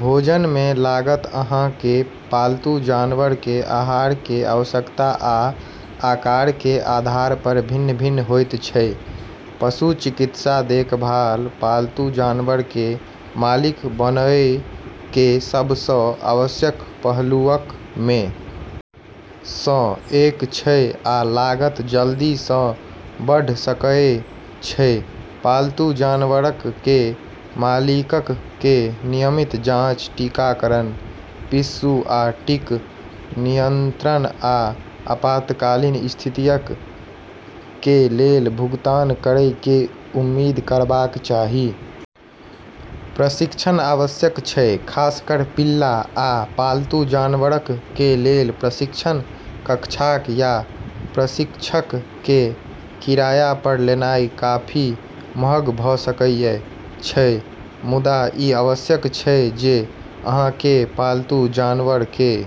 भोजन कें लागत अहां कें पालतू जानवर कें आहार कें आवश्यकता आ आकार कें आधार पर भिन्न-भिन्न होयत छै, पशु चिकित्सा देखभाल पालतू जानवर कें मालिक बनएय कें सब सं आवश्यक पहलुअक मे सं एक छै आ लागत जल्दी सं बढ़ सकएय छै, पालतू जानवरक कें मालिकक कें नियमित जांच, टीकाकरण, पिस्सू आ टिक नियंत्रण आ आपातकालीन स्थितियक कें लेल भुगतान करय कें उम्मीद करबाक चाही, प्रशिक्षण आवश्यक छै खासकर पिल्ला आ पालतू जानवरक कें लेल, प्रशिक्षण कक्षाक या प्रशिक्षक कें किराया पर लेनाय काफी महग भ सकएय छै मुदा इ आवश्यक छै जे अहां कें पालतू जानवर कें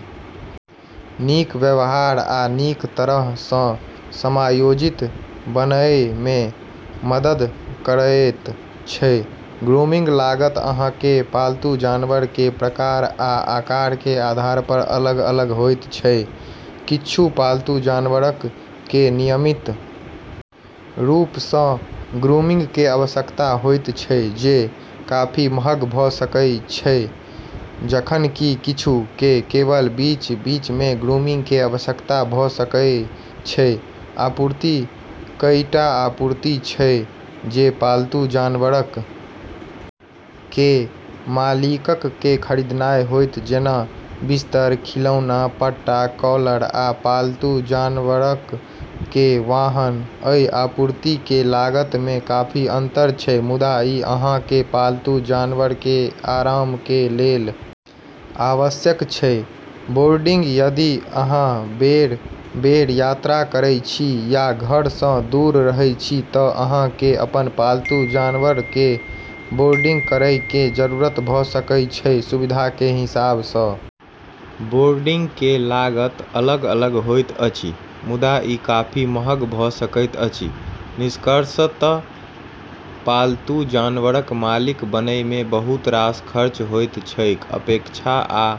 नीक व्यवहार आ नीक तरह सं समायोजित बनएय मे मदद करएयत छै, ग्रूमिंग लागत अहां कें पालतू जानवर कें प्रकार आ आकार कें आधार पर अलग-अलग होयत छै, किच्छू पालतू जानवरक कें नियमित रूप सं ग्रूमिंग कें आवश्यकता होयत छै जे काफी महग भ सकएय छै जखन कि किच्छू कें केवल बीच-बीच मे ग्रूमिंग कें आवश्यकता भ सकएय छै, आपूर्ति कईटा आपूर्ति छै जे पालतू जानवरक कें मालिकक कें खरीदनाय होयत जेना बिस्तर, खिलौना, पट्टा, कॉलर आ पालतू जानवरक कें वाहक, अइ आपूर्ति कें लागत मे काफी अंतर छै मुदा इ अहां कें पालतू जानवर कें आराम कें लेल आवश्यक छै, बोर्डिंग यदि अहां बेर-बेर यात्रा करय छी या घर सं दूर रहय छी त अहां कें अपन पालतू जानवर कें बोर्डिंग करय कें जरूरत भ सकय छै, सुविधा के हिसाब सं बोर्डिंग के लागत अलग-अलग होइत अछि मुदा ई काफी महग भ सकैत अछि, निष्कर्षत पालतू जानवरक मालिक बनय मे बहुत रास खर्च होइत छैक अपेक्षित आ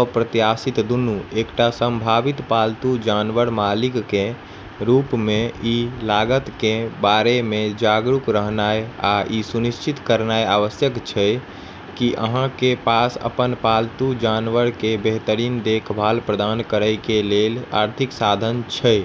अप्रत्याशित दुनू एकटा संभावित पालतू जानवर मालिक कें रूप मे इ लागत कें बारे मे जागरूक रहनाय आ इ सुनिश्चित करनाय आवश्यक छै की अहां कें पास अपन पालतू जानवर कें बेहतरीन देखभाल प्रदान करय कें लेल आर्थिक साधन छै।